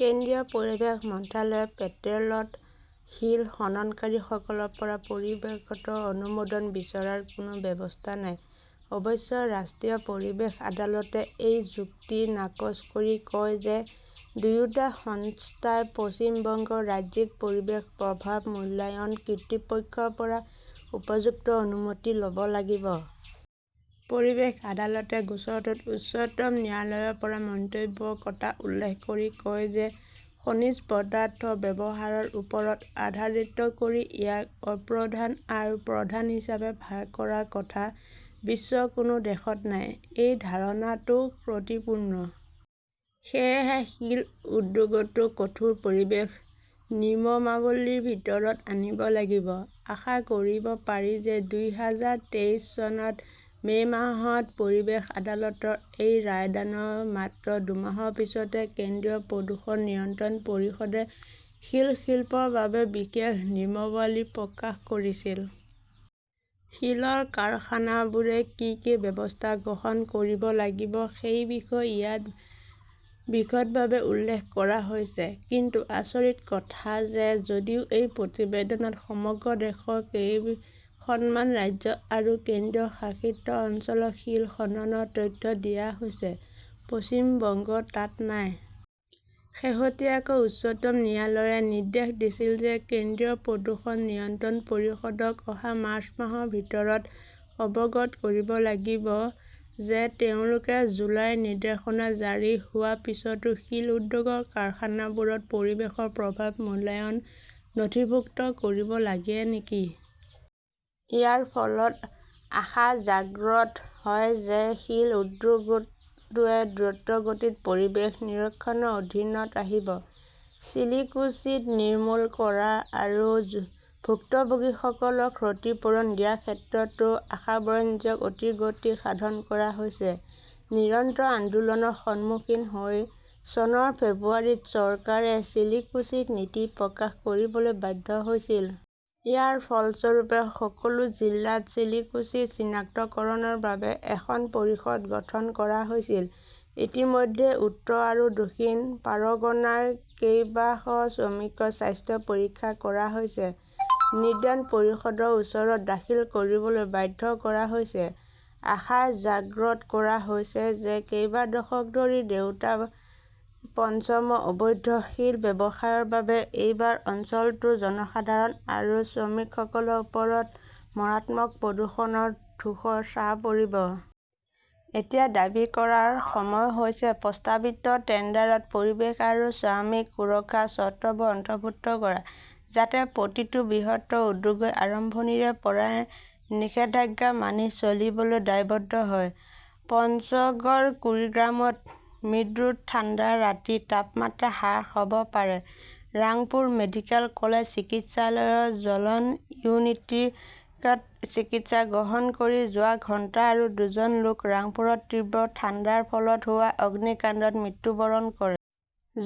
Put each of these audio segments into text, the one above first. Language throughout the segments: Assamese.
কেন্দ্ৰীয় পৰিৱেশ মন্ত্ৰালয়ৰ পে'ৰ্টেলত শিল খননকাৰীসকলৰ পৰা পৰিৱেশগত অনুমোদন বিচৰাৰ কোনো ব্যৱস্থা নাই। অৱশ্যে, ৰাষ্ট্ৰীয় পৰিৱেশ আদালতে এই যুক্তি নাকচ কৰি কয় যে, দুয়োটা সংস্থাই পশ্চিম বংগৰ 'ৰাজ্যিক পৰিৱেশ প্ৰভাৱ মূল্যায়ন কৃৰ্তৃপক্ষৰ পৰা উপযুক্ত অনুমতি ল'ব লাগিব। পৰিৱেশ আদালতে গোচৰটোত উচ্চতম ন্যায়ালয়ৰ এটা মন্তব্যৰ কতা উল্লেখ কৰি কয় যে, খনিজ পদাৰ্থৰ ব্যৱহাৰৰ ওপৰত আধাৰিত কৰি ইয়াক 'অপ্ৰধান' আৰু 'প্ৰধান' হিচাপে ভাগ কৰাৰ কথা বিশ্বৰ কোনো দেশত নাই। এই ধাৰণাটো ত্ৰুটিপূৰ্ণ। সেয়েহে শিল উদ্যোগতো কঠোৰ পৰিৱেশ নিয নিমমাৱলীৰ ভিতৰত আনিব লাগিব। আশা কৰিব পাৰি যে, দুই হাজাৰ তেইশ চনৰ মে "মাহত পৰিৱেশ আদালতৰ এই ৰায়দানৰ মাত্ৰ দুমাহৰ পিছতে কেন্দ্ৰীয় প্ৰদূষণ নিয়ন্ত্ৰণ পৰিষদে শিল শিল্পৰ বাবে বিশেষ নিমমাৱলী প্ৰকাশ কৰিছিল। শিলৰ কাৰখানাবোৰে কি কি ব্যৱস্থা গ্ৰহণ কৰিব লাগিব সেই বিষয়ে ইয়াত বিশদভাৱে উল্লেখ কৰা হৈছে। কিন্তু আচৰিত কথা যে যদিও এই প্ৰতিবেদনত সমগ্ৰ দেশৰ কেইখনমান ৰাজ্য আৰু কেন্দ্ৰীয় শাসিত অঞ্চলৰ শিল খননৰ তথ্য দিয়া হৈছে, পশ্চিম বংগ তাত নাই! শেহতীয়াকৈ উচ্চতম ন্যায়ালয়ে নিৰ্দেশ দিছিল যে, কেন্দ্ৰীয় প্ৰদূষণ নিয়ন্ত্ৰণ পৰিষদক অহা মাৰ্চ মাহৰ ভিতৰত অৱগত কৰিব লাগিব যে তেওঁলোকে জুলাইৰ নিৰ্দেশনা জাৰি হোৱাৰ পিছতো শিল উদ্যোগৰ কাৰখানাবোৰত 'পৰিৱেশৰ প্ৰভাৱ মূল্যায়নত নথিভুক্ত কৰিব লাগে নেকি। ইয়াৰ ফলত আশা জাগ্ৰত হয় যে শিল উদ্যোগটোৱে দ্ৰুতগতিত পৰিৱেশ নিৰীক্ষণৰ অধীনত আহিব। চিলিকোচিছ নিৰ্মূল কৰা আৰু ভুক্তভোগীসকলক ক্ষতিপূৰণ দিয়াৰ ক্ষেত্ৰতো আশাব্যঞ্জক অতিগতি সাধন কৰা হৈছে। নিৰন্তৰ আন্দোলনৰ সন্মুখীন হৈ চনৰ ফেব্ৰুৱাৰীত চৰকাৰে চিলিকোচিছ নীতি প্ৰকাশ কৰিবলৈ বাধ্য হৈছিল। ইয়াৰ ফলস্বৰূপে সকলো জিলাত চিলিকোচিছ চিনাক্তকৰণৰ বাবে এখন পৰিষদ গঠন কৰা হৈছিল। ইতিমধ্যে উত্তৰ আৰু দক্ষিণ পাৰগনাৰ কেইবাশ শ্ৰমিকৰ স্বাস্থ্য পৰীক্ষা কৰা হৈছে, নিদান পৰিষদৰ ওচৰত দাখিল কৰিবলৈ বাধ্য কৰা হৈছে। আশা জাগ্ৰত কৰা হৈছে যে, কেইবা দশক ধৰি দেউতা-পঞ্চমৰ অবৈধ শিল ব্যৱসায়ৰ বাবে এইবাৰ অঞ্চলটোৰ জনসাধাৰণ আৰু শ্ৰমিকসকলৰ ওপৰত মাৰাত্মক প্ৰদূষণৰ ধূসৰ ছাঁ পৰিব। এতিয়া দাবী কৰাৰ সময় হৈছে প্ৰস্তাৱিত টেণ্ডাৰত পৰিৱেশ আৰু শ্ৰীমিক সুৰক্ষাৰ চৰ্তবোৰ অন্তৰ্ভুক্ত কৰা, যাতে প্ৰতিটো বৃহৎ উদ্যোগই আৰম্ভণিৰে পৰাই নিষেধাজ্ঞা মানি চলিবলৈ দায়বদ্ধ হয়। পঞ্চগড়-কুৰিগ্ৰামত মৃদু ঠাণ্ডা, ৰাতিৰ তাপমাত্ৰা হ্ৰাস হ'ব পাৰে ৰাংপুৰ মেডিকেল কলেজ চিকিৎসালয়ৰ জ্বলন ইউনিটিত চিকিৎসা গ্ৰহণ কৰি যোৱা ঘণ্টাত আৰু দুজন লোক ৰাংপুৰত তীব্ৰ ঠাণ্ডাৰ ফলত হোৱা অগ্নিকাণ্ডত মৃত্যুবৰণ কৰে।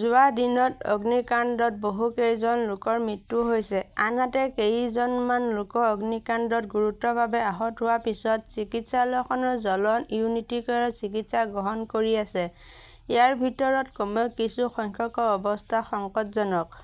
যোৱা দিনত অগ্নিকাণ্ডত বহুকেইজন লোকৰ মৃত্যু হৈছে। আনহাতে, কেইজনমান লোকৰ অগ্নিকাণ্ডত গুৰুতৰভাৱে আহত হোৱাৰ পিছত চিকিৎসালয়খনৰ জ্বলন ইউনিটিত চিকিৎসা গ্ৰহণ কৰি আছে। ইয়াৰ ভিতৰত কমেও কিছু সংখ্যকৰ অৱস্থা সংকটজনক।